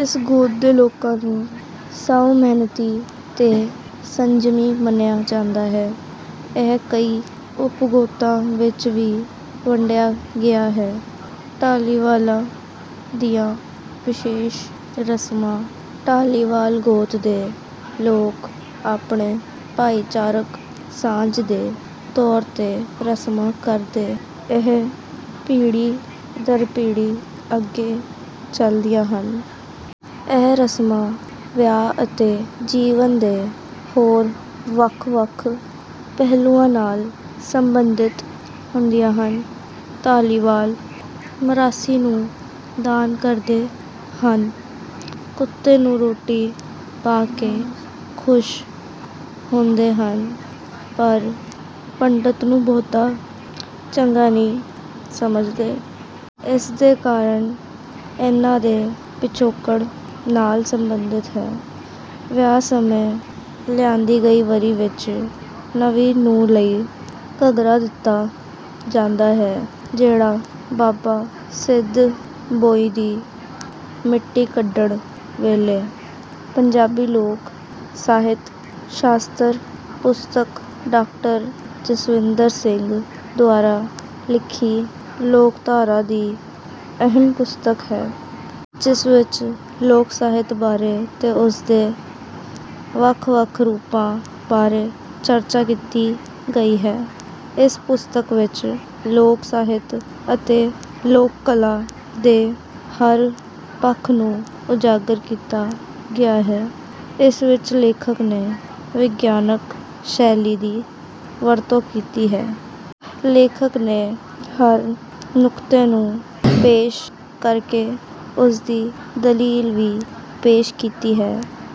ਇਸ ਗੋਤ ਦੇ ਲੋਕਾਂ ਨੂੰ ਸਾਊ ਮਿਹਨਤੀ ਤੇ ਸੰਜਮੀ ਮੰਨਿਆ ਜਾਂਦਾ ਹੈ। ਇਹ ਕਈ ਉਪ ਗੋਤਾਂ ਵਿੱਚ ਵੀ ਵੰਡਿਆ ਗਿਆ ਹੈ। ਧਾਲੀਵਾਲਾਂ ਦੀਆਂ ਵਿਸ਼ੇਸ਼ ਰਸਮਾਂ ਧਾਲੀਵਾਲ ਗੋਤ ਦੇ ਲੋਕ ਆਪਣੇ ਭਾਈਚਾਰਕ ਸਾਂਝ ਦੇ ਤੌਰ ਤੇ ਰਸਮਾਂ ਕਰਦੇ ਹਨ ਇਹ ਪੀੜ੍ਹੀ ਦਰ ਪੀੜ੍ਹੀ ਅੱਗੇ ਚਲਦੀਆਂ ਹਨ। ਇਹ ਰਸਮਾਂ ਵਿਆਹ ਅਤੇ ਜੀਵਨ ਦੇ ਹੋਰ ਵੱਖ ਵੱਖ ਪਹਿਲੂਆਂ ਨਾਲ ਸੰਬੰਧਿਤ ਹੁੰਦੀਆਂ ਹਨ। ਧਾਲੀਵਾਲ ਮਰਾਸੀ ਨੂੰ ਦਾਨ ਕਰਦੇ ਹਨ। ਕੁੱਤੇ ਨੂੰ ਰੋਟੀ ਪਾ ਕੇ ਖੁਸ਼ ਹੁੰਦੇ ਹਨ ਪਰ ਪੰਡਤ ਨੂੰ ਬਹੁਤਾ ਚੰਗਾ ਨਹੀਂ ਸਮਝਦੇ। ਇਸ ਦੇ ਕਾਰਨ ਇਹਨਾਂ ਦੇ ਪਿਛੋਕੜ ਨਾਲ ਸੰਬੰਧਿਤ ਹਨ। ਵਿਆਹ ਸਮੇਂ ਲਿਆਂਦੀ ਗਈ ਵਰੀ ਵਿੱਚ ਨਵੀਂ ਨੂੰਹ ਲਈ ਘੱਗਰਾ ਦਿੱਤਾ ਜਾਂਦਾ ਹੈ ਜਿਹੜਾ ਬਾਬਾ ਸਿੱਧ ਭੋਇੰ ਦੀ ਮਿੱਟੀ ਕੱਢਣ ਵੇਲੇ। ਪੰਜਾਬੀ ਲੋਕ ਸਾਹਿਤ ਸ਼ਾਸਤਰ ਪੁਸਤਕ ਡਾਕਟਰ ਜਸਵਿੰਦਰ ਸਿੰਘ ਦੁਆਰਾ ਲਿਖੀ ਲੋਕਧਾਰਾ ਦੀ ਅਹਿਮ ਪੁਸਤਕ ਹੈ। ਜਿਸ ਵਿੱਚ ਲੋਕ ਸਾਹਿਤ ਬਾਰੇ ਤੇ ਉਸਦੇ ਵੱਖ ਵੱਖ ਰੂਪਾਂ ਬਾਰੇ ਚਰਚਾ ਕੀਤੀ ਗਈ ਹੈ। ਇਸ ਪੁਸਤਕ ਵਿੱਚ ਲੋਕ ਸਾਹਿਤ ਅਤੇ ਲੋਕ ਕਲਾ ਦੇ ਹਰ ਪੱਖ ਨੂੰ ਉਜਾਗਰ ਕੀਤਾ ਗਿਆ ਹੈ। ਇਸ ਵਿੱਚ ਲੇਖਕ ਨੇ ਵਿਗਿਆਨਕ ਸ਼ੈਲੀ ਦੀ ਵਰਤੋਂ ਕੀਤੀ ਹੈ। ਲੇਖਕ ਨੇ ਹਰ ਨੁਕਤੇ ਨੂੰ ਪੇਸ਼ ਕਰਕੇ ਉਸਦੀ ਦਲੀਲ ਵੀ ਪੇਸ਼ ਕੀਤੀ ਹੈ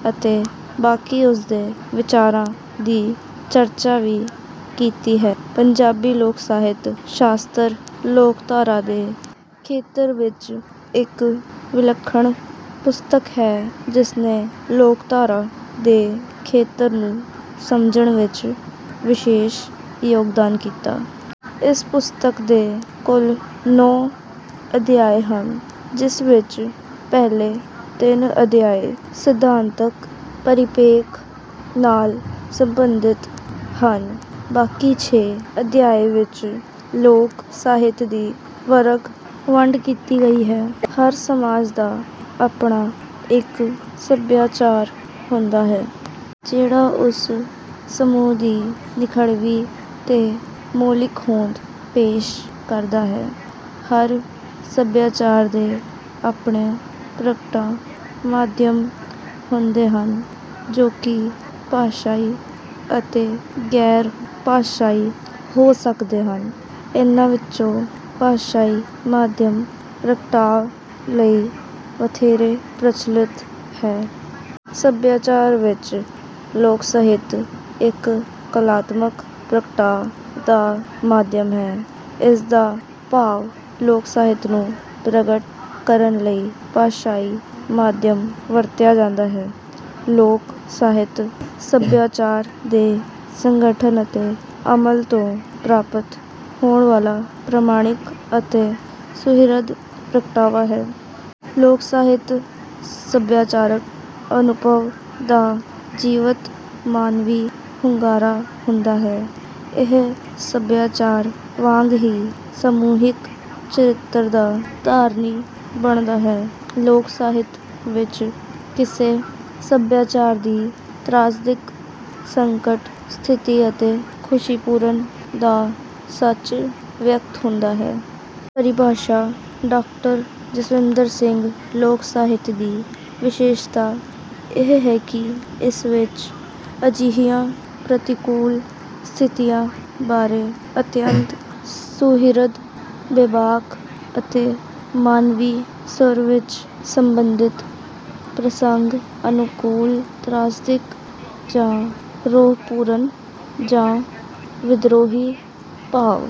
ਅਤੇ ਬਾਕੀ ਉਸਰੇ ਵਿਚਾਰਾਂ ਦੀ ਚਰਚਾ ਵੀ ਕੀਤੀ ਹੈ। ਪੰਜਾਬੀ ਲੋਕ ਸਾਹਿਤ ਸ਼ਾਸਤਰ ਲੋਕਧਾਰਾ ਦੇ ਖੇਤਰ ਵਿੱਚ ਇੱਕ ਵਿਲੱਖਣ ਪੁਸਤਕ ਹੈ ਜਿਸਨੇ ਲੋਕਧਾਰਾ ਦੇ ਖੇਤਰ ਨੂੰ ਸਮਝਣ ਵਿੱਚ ਵਿਸ਼ੇਸ਼ ਯੋਗਦਾਨ ਦਿੱਤਾ। ਇਸ ਪੁਸਤਕ ਦੇ ਕੁੱਲ ਨੌਂ ਅਧਿਆਏ ਹਨ। ਜਿਸ ਵਿੱਚ ਪਹਿਲੇ ਤਿੰਨ ਅਧਿਆਏ ਸਿਧਾਂਤਕ ਪਰਿਪੇਖ ਨਾਲ ਸੰਬੰਧਿਤ ਹਨ ਬਾਕੀ ਛੇ ਅਧਿਆਏ ਵਿੱਚ ਲੋਕ ਸਾਹਿਤ ਦੀ ਵਰਗ ਵੰਡ ਕੀਤੀ ਗਈ ਹੈ। ਹਰ ਸਮਾਜ ਦਾ ਆਪਣਾ ਇੱਕ ਸਭਿਆਚਾਰ ਹੁੰਦਾ ਹੈ। ਜਿਹੜਾ ਉਸ ਸਮੂਹ ਦੀ ਨਿਖੜਵੀ ਤੇ ਮੌਲਿਕ ਹੋਂਦ ਪੇਸ਼ ਕਰਦਾ ਹੈ। ਹਰ ਸਭਿਆਚਾਰ ਦੇ ਆਪਣੇ ਪ੍ਰਗਟਾ ਮਾਧਿਅਮ ਹੁੰਦੇ ਹਨ। ਜੋ ਕਿ ਭਾਸ਼ਾਈ ਅਤੇ ਗੈਰ ਭਾਸ਼ਾਈ ਹੋ ਸਕਦੇ ਹਨ। ਇਹਨਾਂ ਵਿਚੋਂ ਭਾਸ਼ਾਈ ਮਾਧਿਅਮ ਪ੍ਰਗਟਾਅ ਲਈ ਵਧੇਰੇ ਪ੍ਰਚਲਿਤ ਹੈ। ਸਭਿਆਚਾਰ ਵਿੱਚ ਲੋਕ ਸਾਹਿਤ ਇੱਕ ਕਲਾਤਮਕ ਪ੍ਰਗਟਾਅ ਦਾ ਮਾਧਿਅਮ ਹੈ। ਇਸ ਦਾ ਭਾਵ ਲੋਕ ਸਾਹਿਤ ਨੂੰ ਪ੍ਰਗਟ ਕਰਨ ਲਈ ਭਾਸ਼ਾਈ ਮਾਧਿਅਮ ਵਰਤਿਆ ਜਾਂਦਾ ਹੈ। ਲੋਕ ਸਾਹਿਤ ਸਭਿਆਚਾਰ ਦੇ ਸੰਗਠਨ ਅਤੇ ਅਮਲ ਤੋਂ ਪ੍ਰਾਪਤ ਹੋਣ ਵਾਲਾ ਪ੍ਰਮਾਣਿਕ ਅਤੇ ਸੁਹਿਰਦ ਪ੍ਰਗਟਾਵਾ ਹੈ। ਲੋਕ ਸਾਹਿਤ ਸਭਿਆਚਾਰਕ ਅਨੁਭਵ ਦਾ ਜੀਵੰਤ ਮਾਨਵੀ ਹੁੰਗਾਰਾ ਹੁੰਦਾ ਹੈ ਇਹ ਸਭਿਆਚਾਰ ਵਾਂਗ ਹੀ ਸਮੂਹਿਕ ਚਰਿਤਰ ਦਾ ਧਾਰਨੀ ਬਣਦਾ ਹੈ। ਲੋਕ ਸਾਹਿਤ ਵਿੱਚ ਕਿਸੇ ਸਭਿਆਚਾਰ ਦੀ ਤ੍ਰਾਸਦਿਕ ਸੰਕਟ ਸਥਿਤੀ ਅਤੇ ਖੁਸ਼ੀਪੂਰਨ ਦਾ ਸੱਚ ਵਿਅਕਤ ਹੁੰਦਾ ਹੈ। ਪਰਿਭਾਸ਼ਾ ਡਾਕਟਰ ਜਸਵਿੰਦਰ ਸਿੰਘ ਲੋਕ ਸਾਹਿਤ ਦੀ ਵਿਸ਼ੇਸ਼ਤਾ ਇਹ ਹੈ ਕਿ ਇਸ ਵਿੱਚ ਅਜਿਹੀਆਂ ਪ੍ਰਤਿਕੂਲ ਸਥਿਤੀਆਂ ਬਾਰੇ ਅਤਿਅੰਤ ਸੁਹਿਰਦ ਬੇਬਾਕ ਅਤੇ ਮਾਨਵੀ ਸੁਰ ਵਿੱਚ ਸੰਬੰਧਿਤ ਪ੍ਰਸੰਗ ਅਨੁਕੂਲ ਤ੍ਰਾਸਦਿਕ ਜਾਂ ਰੋਹ ਪੂਰਨ ਜਾਂ ਵਿਦ੍ਰੋਹੀ ਭਾਵ